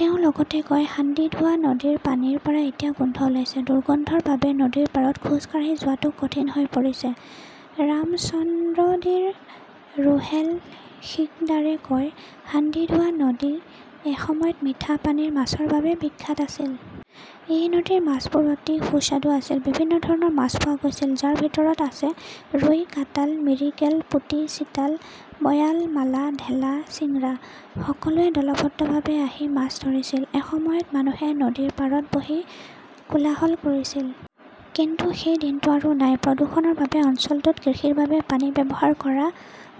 তেওঁ লগতে কয়, হাণ্ডিধোৱা নদীৰ পানীৰ পৰা এতিয়া গোন্ধ ওলাইছে। দুৰ্গন্ধৰ বাবে নদীৰ পাৰত খোজ কাঢ়ি যোৱাটো কঠিন হৈ পৰিছে। ৰামচন্দ্ৰদীৰ ৰোহেল সিকদাৰে কয়, হাণ্ডিধোৱা নদী এসময়ত মিঠা পানীৰ মাছৰ বাবে বিখ্যাত আছিল। এই নদীৰ মাছবোৰ অতি সুস্বাদু আছিল। বিভিন্ন ধৰণৰ মাছ পোৱা গৈছিল, যাৰ ভিতৰত আছে ৰুই, কাটাল, মিৰিকেল, পুটি, চিতাল, বয়াল, মালা, ঢেলা, চিংৰা। সকলোৱে দলবদ্ধভাৱে আহি মাছ ধৰিছিল। এসময়ত মানুহে নদীৰ পাৰত বহি কোলাহল কৰিছিল। কিন্তু সেই দিনটো আৰু নাই। প্ৰদূষণৰ বাবে অঞ্চলটোত কৃষিৰ বাবে পানী ব্যৱহাৰ কৰা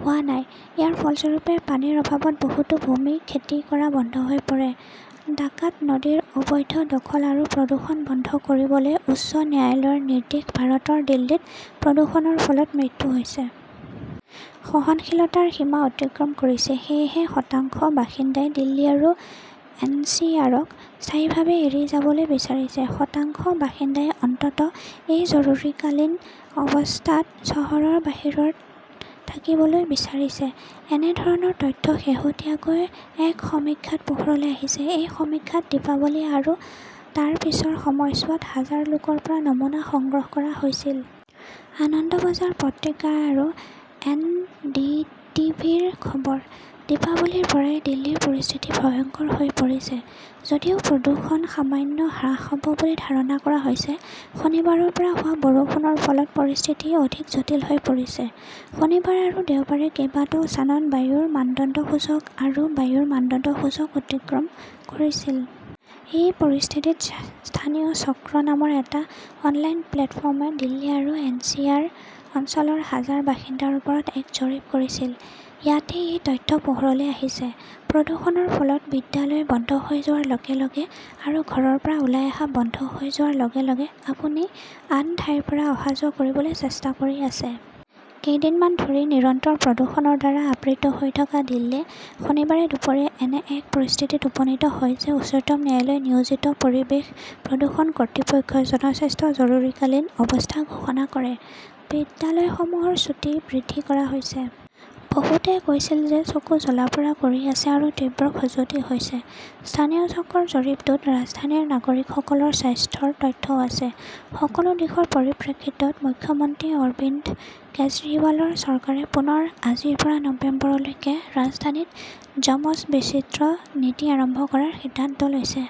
হোৱা নাই। ইয়াৰ ফলস্বৰূপে পানীৰ অভাৱত বহুতো ভূমি খেতি কৰা বন্ধ হৈ পৰে। ডাকাত নদীৰ অবৈধ দখল আৰু প্ৰদূষণ বন্ধ কৰিবলৈ উচ্চ ন্যায়ালয়ৰ নিৰ্দেশ ভাৰতৰ দিল্লীত প্ৰদূষণৰ ফলত মৃত্যু হৈছে। সহনশীলতাৰ সীমা অতিক্ৰম কৰিছে। সেয়েহে, শতাংশ বাসিন্দাই দিল্লী আৰু এনচিআৰক স্থায়ীভাৱে এৰি যাবলৈ বিচাৰিছে। শতাংশ বাসিন্দাই অন্তত এই জৰুৰীকালীন অৱস্থাত চহৰৰ বাহিৰত থাকিবলৈ বিচাৰিছে। এনে ধৰণৰ তথ্য শেহতীয়াকৈ এক সমীক্ষাত পোহৰলৈ আহিছে। এই সমীক্ষাত দীপাৱলী আৰু তাৰ পিছৰ সময়ছোৱাত হাজাৰ লোকৰ পৰা নমুনা সংগ্ৰহ কৰা হৈছিল। আনন্দবাজাৰ পত্ৰিকা আৰু এনডিটিভিৰ খবৰ। দীপাৱলীৰ পৰাই দিল্লীৰ পৰিস্থিতি ভয়ংকৰ হৈ পৰিছে। যদিও প্ৰদূষণ সামান্য হ্ৰাস হ'ব বুলি ধাৰণা কৰা হৈছে, শনিবাৰৰ পৰা হোৱা বৰষুণৰ ফলত পৰিস্থিতি অধিক জটিল হৈ পৰিছে। শনিবাৰ আৰু দেওবাৰে কেইবাটাও স্থানত বায়ুৰ মানদণ্ড সূচক বা বায়ুৰ মানদণ্ড সূচক অতিক্ৰম কৰিছিল। এই পৰিস্থিতিত স্থানীয় চক্ৰ নামৰ এটা অনলাইন প্লেটফৰ্মে দিল্লী আৰু এনচিআৰ অঞ্চলৰ হাজাৰ বাসিন্দাৰ ওপৰত এক জৰীপ কৰিছিল। ইয়াতেই এই তথ্য পোহৰলৈ আহিছে। প্ৰদূষণৰ ফলত বিদ্যালয় বন্ধ হৈ যোৱাৰ লগে লগে আৰু ঘৰৰ পৰা ওলাই অহা বন্ধ হৈ যোৱাৰ লগে লগে, আপুনি আন ঠাইৰ পৰা অহা-যোৱা কৰিবলৈ চেষ্টা কৰি আছে। কেইদিনমান ধৰি নিৰন্তৰ প্ৰদূষণৰ দ্বাৰা আবৃত হৈ থকা দিল্লীয়ে শনিবাৰে দুপৰীয়া এনে এক পৰিস্থিতিত উপনীত হয় যে উচ্চতম ন্যায়ালয়ে নিয়োজিত পৰিৱেশ প্ৰদূষণ কৰ্তৃপক্ষই জনস্বাস্থ্য জৰুৰীকালীন অৱস্থা ঘোষণা কৰে। বিদ্যালয়সমূহৰ ছুটী বৃদ্ধি কৰা হৈছে। বহুতে কৈছিল যে চকু জ্বলা-পোৰা কৰি আছে আৰু তীব্ৰ খজুৱতি হৈছে। স্থানীয় চক্ৰৰ জৰীপটোত ৰাজধানীৰ নাগৰিকসকলৰ স্বাস্থ্যৰ তথ্যও আছে। সকলো দিশৰ পৰিপ্ৰেক্ষিতত, মুখ্যমন্ত্ৰী অৰবিন্দ কেজৰিৱালৰ চৰকাৰে পুনৰ আজিৰ পৰা নৱেম্বৰলৈকে ৰাজধানীত যমজ-বিচিত্ৰ নীতি আৰম্ভ কৰাৰ সিদ্ধান্ত লৈছে।